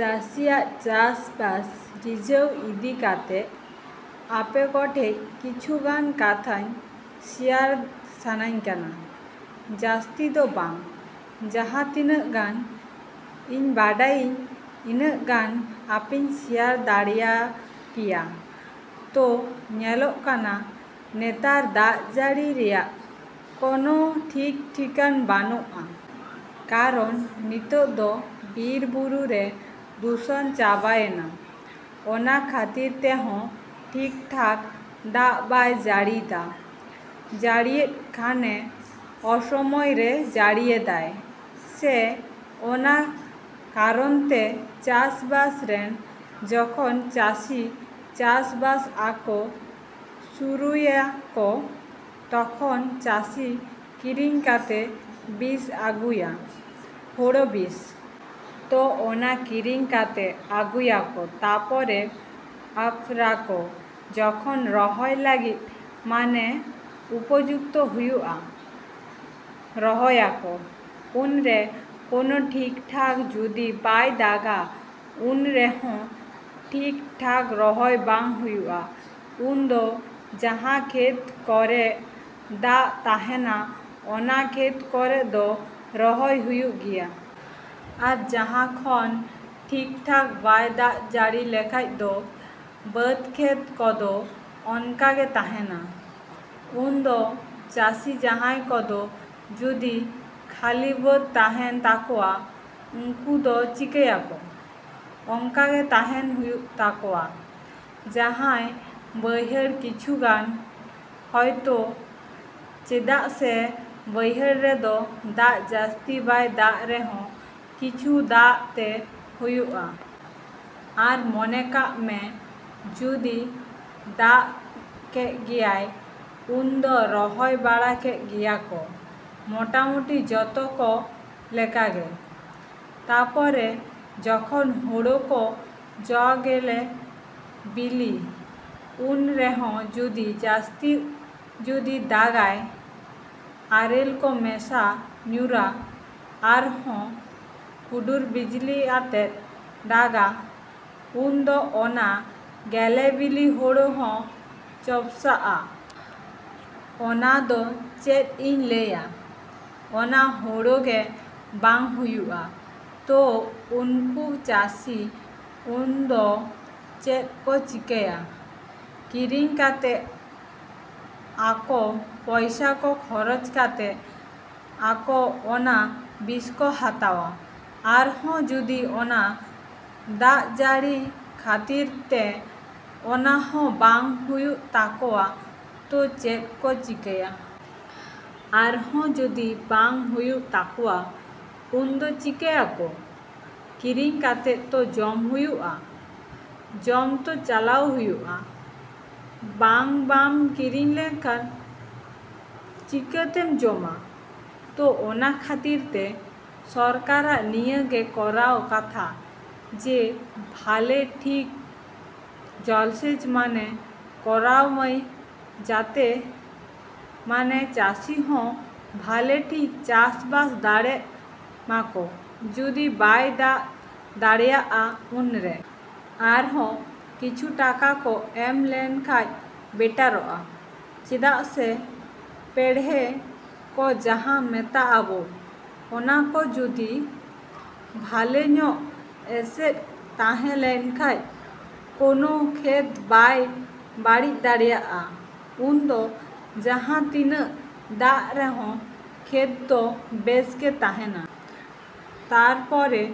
ᱪᱟᱹᱥᱤᱭᱟᱜ ᱪᱟᱥᱼᱵᱟᱥ ᱨᱤᱡᱷᱟᱹᱣ ᱤᱫᱤ ᱠᱟᱛᱮ ᱟᱯᱮ ᱠᱚᱴᱷᱮᱡ ᱠᱤᱪᱷᱩ ᱜᱟᱱ ᱠᱟᱛᱷᱟ ᱥᱮᱭᱟᱨ ᱥᱟᱱᱟᱧ ᱠᱟᱱᱟ᱾ ᱡᱟᱹᱥᱛᱤ ᱫᱚ ᱵᱟᱝ, ᱡᱟᱦᱟᱸ ᱛᱤᱱᱟᱹᱜ ᱜᱟᱱ ᱤᱧ ᱵᱟᱲᱟᱭᱟᱹᱧ, ᱤᱱᱟᱹᱜ ᱜᱟᱱ ᱟᱯᱮᱧ ᱥᱮᱭᱟᱨ ᱫᱟᱲᱮᱭᱟᱯᱮᱭᱟ᱾ ᱛᱚ ᱧᱮᱞᱚᱜ ᱠᱟᱱᱟ ᱱᱮᱛᱟᱨ ᱫᱟᱜ ᱡᱟᱹᱲᱤ ᱨᱮᱭᱟᱜ ᱠᱚᱱᱚ ᱴᱷᱤᱠ-ᱴᱷᱤᱠᱟᱹᱱ ᱵᱟᱹᱱᱩᱜᱼᱟ᱾ ᱠᱟᱨᱚᱱ ᱱᱤᱛᱚᱜ ᱫᱚ ᱵᱤᱨ-ᱵᱩᱨᱩ ᱨᱮ ᱫᱷᱩᱥᱚᱱ ᱪᱟᱵᱟᱭᱮᱱᱟ᱾ ᱚᱱᱟ ᱠᱷᱟᱹᱛᱤᱨ ᱛᱮᱦᱚᱸ ᱴᱷᱤᱠ-ᱴᱷᱟᱠ ᱫᱟᱜ ᱵᱟᱭ ᱡᱟᱹᱲᱤᱭᱮᱫᱟ᱾ ᱡᱟᱹᱲᱤᱭᱮᱜ ᱠᱷᱟᱱᱮ ᱚᱥᱚᱢᱳᱭ ᱨᱮ ᱡᱟᱹᱲᱤᱭᱮᱫᱟᱭ᱾ ᱥᱮ ᱚᱱᱟ ᱠᱟᱨᱚᱱᱛᱮ ᱪᱟᱥ-ᱵᱟᱥ ᱨᱮᱱ ᱡᱚᱠᱷᱚᱱ ᱪᱟᱹᱥᱤ ᱪᱟᱥ-ᱵᱟᱥ ᱟᱠᱚ ᱥᱩᱨᱩᱭᱟ ᱠᱚ, ᱛᱚᱠᱷᱚᱱ ᱪᱟᱹᱥᱤ ᱠᱤᱨᱤᱧ ᱠᱟᱛᱮ ᱵᱤᱥ ᱟᱹᱜᱩᱭᱟ, ᱦᱳᱲᱳ ᱵᱤᱥ᱾ ᱛᱚ ᱚᱱᱟ ᱠᱤᱨᱤᱧ ᱠᱟᱛᱮ ᱟᱹᱜᱩᱭᱟᱠᱚ, ᱛᱟᱨᱯᱚᱨᱮ ᱟᱯᱷᱚᱨᱟᱠᱚ ᱡᱚᱠᱷᱚᱱ ᱨᱚᱦᱚᱭ ᱞᱟᱹᱜᱤᱫ ᱢᱟᱱᱮ ᱩᱯᱚᱡᱩᱠᱛᱚ ᱦᱩᱭᱩᱜᱼᱟ᱾ ᱨᱚᱦᱚᱭᱟᱠᱚ᱾ ᱩᱱᱨᱮ ᱠᱳᱱᱳ ᱴᱷᱤᱠ-ᱴᱷᱟᱠ ᱡᱩᱫᱤ ᱵᱟᱭ ᱫᱟᱜᱟ, ᱩᱱᱨᱮᱦᱚᱸ ᱴᱷᱤᱠ-ᱴᱷᱟᱠ ᱨᱚᱦᱚᱭ ᱵᱟᱝ ᱦᱩᱭᱩᱜᱼᱟ᱾ ᱩᱱᱫᱚ ᱡᱟᱦᱟᱸ ᱠᱷᱮᱛ ᱠᱚᱨᱮᱜ ᱫᱟᱜ ᱛᱟᱦᱮᱱᱟ, ᱚᱱᱟ ᱠᱷᱮᱛ ᱠᱚᱨᱮ ᱫᱚ ᱨᱚᱦᱚᱭ ᱦᱩᱭᱩᱜ ᱜᱮᱭᱟ᱾ ᱟᱨ ᱡᱟᱦᱟᱸ ᱠᱷᱚᱱ ᱴᱷᱤᱠ-ᱴᱷᱟᱠ ᱵᱟᱭ ᱫᱟᱜ ᱡᱟᱹᱲᱤ ᱞᱮᱠᱷᱟᱡ ᱫᱚ ᱵᱟᱹᱫᱽ ᱠᱷᱮᱛ ᱠᱚᱫᱚ ᱚᱱᱠᱟᱜᱮ ᱛᱟᱦᱮᱱᱟ᱾ ᱩᱱᱫᱚ ᱪᱟᱹᱥᱤ ᱡᱟᱦᱟᱸᱭ ᱠᱚᱫᱚ ᱡᱩᱫᱤ ᱠᱷᱟᱹᱞᱤ ᱵᱟᱹᱫᱽ ᱛᱟᱦᱮᱱ ᱛᱟᱠᱚᱣᱟ, ᱩᱱᱠᱩ ᱫᱚ ᱪᱤᱠᱟᱹᱭᱟᱠᱚ? ᱚᱱᱠᱟᱜᱮ ᱛᱟᱦᱮᱱ ᱦᱩᱭᱩᱜ ᱛᱟᱠᱚᱣᱟ᱾ ᱡᱟᱦᱟᱸᱭ ᱵᱟᱹᱭᱦᱟᱹᱲ ᱠᱤᱪᱷᱩ ᱜᱟᱱ, ᱦᱚᱭᱛᱳ ᱪᱮᱫᱟᱜ ᱥᱮ ᱵᱟᱹᱭᱦᱟᱹᱲ ᱨᱮᱫᱚ ᱫᱟᱜ ᱡᱟᱹᱥᱛᱤ ᱵᱟᱭ ᱫᱟᱜ ᱨᱮᱦᱚᱸ ᱠᱤᱪᱷᱩ ᱫᱟᱜ ᱛᱮ ᱦᱩᱭᱩᱜᱼᱟ᱾ ᱟᱨ ᱢᱚᱱᱮ ᱠᱟᱜ ᱢᱮ ᱡᱩᱫᱤ ᱫᱟᱜ ᱠᱮᱜ ᱜᱮᱭᱟᱭ, ᱩᱱᱫᱚ ᱨᱚᱦᱚᱭ ᱵᱟᱲᱟ ᱠᱮᱜ ᱜᱮᱭᱟᱠᱚ ᱢᱳᱴᱟᱢᱩᱴᱤ ᱡᱚᱛᱚ ᱠᱚ ᱞᱮᱠᱟᱜᱮ᱾ ᱛᱟᱨᱯᱚᱨᱮ ᱡᱚᱠᱷᱚᱱ ᱦᱳᱲᱳ ᱠᱚ ᱡᱚ ᱜᱮᱞᱮ ᱵᱤᱞᱤ, ᱩᱱ ᱨᱮᱦᱚᱸ ᱡᱩᱫᱤ ᱡᱟᱹᱥᱛᱤ ᱡᱩᱫᱤ ᱫᱟᱜᱟᱭ, ᱟᱨᱮᱞ ᱠᱚ ᱢᱮᱥᱟ ᱧᱩᱨᱟ, ᱟᱨᱦᱚᱸ ᱦᱩᱰᱩᱨ ᱵᱤᱡᱽᱞᱤ ᱟᱛᱮᱜ ᱫᱟᱜᱟ, ᱩᱱᱫᱚ ᱚᱱᱟ ᱜᱮᱞᱮ ᱵᱤᱞᱤ ᱦᱳᱲᱳ ᱦᱚᱸ ᱪᱚᱢᱯᱥᱟᱜᱼᱟ᱾ ᱚᱱᱟᱫᱚ ᱪᱮᱫ ᱤᱧ ᱞᱟᱹᱭᱟ? ᱚᱱᱟ ᱦᱳᱲᱳᱜᱮ ᱵᱟᱝ ᱦᱩᱭᱩᱜᱼᱟ᱾ ᱛᱚ ᱩᱱᱠᱩ ᱪᱟᱹᱥᱤ ᱩᱱᱫᱚ ᱪᱮᱫ ᱠᱚ ᱪᱤᱠᱟᱹᱭᱟ? ᱠᱤᱨᱤᱧ ᱠᱟᱛᱮ ᱟᱠᱚ ᱯᱚᱭᱥᱟ ᱠᱚ ᱠᱷᱚᱨᱚᱪ ᱠᱟᱛᱮ ᱟᱠᱚ ᱚᱱᱟ ᱵᱤᱥᱠᱚ ᱦᱟᱛᱟᱣᱟ᱾ ᱟᱨᱦᱚᱸ ᱡᱩᱫᱤ ᱚᱱᱟ ᱫᱟᱜᱡᱟᱹᱲᱤ ᱠᱷᱟᱹᱛᱤᱨ ᱛᱮ ᱚᱱᱟ ᱦᱚᱸ ᱵᱟᱝ ᱦᱩᱭᱩᱜ ᱛᱟᱠᱚᱣᱟ, ᱛᱚ ᱪᱮᱫ ᱠᱚ ᱪᱤᱠᱟᱭᱟ? ᱟᱨᱦᱚᱸ ᱡᱩᱫᱤ ᱵᱟᱝ ᱦᱩᱭᱩᱜ ᱛᱟᱠᱣᱟ, ᱩᱱᱫᱚ ᱪᱤᱠᱟᱭᱟᱠᱚ? ᱠᱤᱨᱤᱧ ᱠᱟᱛᱮ ᱛᱚ ᱡᱚᱢ ᱦᱩᱭᱩᱜᱼᱟ᱾ ᱡᱚᱢ ᱛᱚ ᱪᱟᱞᱟᱣ ᱦᱩᱭᱩᱜᱼᱟ᱾ ᱵᱟᱝ ᱵᱟᱢ ᱠᱤᱨᱤᱧ ᱞᱮᱠᱷᱟᱱ ᱪᱤᱠᱟᱛᱮᱢ ᱡᱚᱢᱟ? ᱛᱚ ᱚᱱᱟ ᱠᱷᱟᱹᱛᱤᱨ ᱛᱮ ᱥᱚᱨᱠᱟᱨᱟᱜ ᱱᱤᱭᱟᱹᱜᱮ ᱠᱚᱨᱟᱣ ᱠᱟᱛᱷᱟ ᱡᱮ ᱵᱷᱟᱞᱮ ᱴᱷᱤᱠ ᱡᱚᱞᱥᱮᱪ ᱢᱟᱱᱮ ᱠᱚᱨᱟᱣ ᱢᱟᱭ ᱡᱟᱛᱮ ᱢᱟᱱᱮ ᱪᱟᱹᱥᱤ ᱦᱚᱸ ᱵᱷᱟᱞᱮ ᱴᱷᱤᱠ ᱪᱟᱥ-ᱵᱟᱥ ᱫᱟᱲᱮᱜ ᱢᱟᱠᱚ ᱡᱩᱫᱤ ᱵᱟᱭ ᱫᱟᱜ ᱫᱟᱲᱮᱭᱟᱜᱼᱟ ᱩᱱᱨᱮ᱾ ᱟᱨᱦᱚᱸ ᱠᱤᱪᱷᱩ ᱴᱟᱠᱟ ᱠᱚ ᱮᱢ ᱞᱮᱱᱠᱷᱟᱡ ᱵᱮᱴᱟᱨᱚᱜᱼᱟ᱾ ᱪᱮᱫᱟᱜ ᱥᱮ ᱯᱮᱲᱦᱮᱸ ᱠᱚ ᱡᱟᱦᱟᱸ ᱢᱮᱛᱟᱜ ᱟᱵᱚ, ᱚᱱᱟᱠᱚ ᱡᱩᱫᱤ ᱵᱷᱟᱞᱮᱧᱚᱜ ᱮᱥᱮᱫ ᱛᱟᱦᱮᱸ ᱞᱮᱱᱠᱷᱟᱡ, ᱠᱚᱱᱳ ᱠᱷᱮᱛ ᱵᱟᱭ ᱵᱟᱹᱲᱤᱡ ᱫᱟᱲᱮᱭᱟᱜᱼᱟ᱾ ᱩᱱᱫᱚ ᱡᱟᱦᱟᱸ ᱛᱤᱱᱟᱹᱜ ᱫᱟᱜ ᱨᱮᱦᱚᱸ ᱠᱷᱮᱛ ᱫᱚ ᱵᱮᱥ ᱜᱮ ᱛᱟᱦᱮᱱᱟ᱾ ᱛᱟᱨᱯᱚᱨᱮ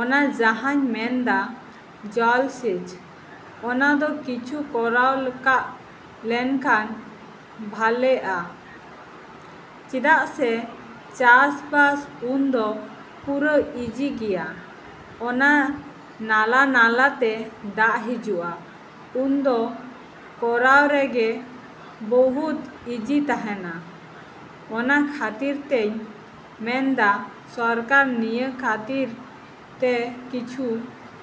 ᱚᱱᱟ ᱡᱟᱦᱟᱸᱧ ᱢᱮᱱᱫᱟ ᱡᱚᱞᱥᱮᱪ, ᱚᱱᱟᱫᱚ ᱠᱤᱪᱷᱩ ᱠᱚᱨᱟᱣ ᱠᱟᱜ ᱞᱮᱠᱷᱟᱱ ᱵᱷᱟᱞᱮᱜᱼᱟ᱾ ᱪᱮᱫᱟᱜ ᱥᱮ ᱪᱟᱥ-ᱵᱟᱥ ᱩᱱᱫᱚ ᱯᱩᱨᱟᱹ ᱤᱡᱤᱜ ᱜᱮᱭᱟ᱾ ᱚᱱᱟ ᱱᱟᱞᱟ ᱱᱟᱞᱟᱛᱮ ᱫᱟᱜ ᱦᱤᱡᱩᱜᱼᱟ, ᱩᱱᱫᱚ ᱠᱚᱨᱟᱣ ᱨᱮᱜᱮ ᱵᱚᱦᱩᱫ ᱤᱡᱤ ᱛᱟᱦᱮᱱᱟ᱾ ᱚᱱᱟ ᱠᱷᱟᱹᱛᱤᱨ ᱛᱮᱧ ᱢᱮᱱᱫᱟ ᱥᱚᱨᱠᱟᱨᱟᱜ ᱱᱤᱭᱟᱹ ᱠᱷᱟᱹᱛᱤᱨ ᱛᱮ ᱠᱤᱪᱷᱩ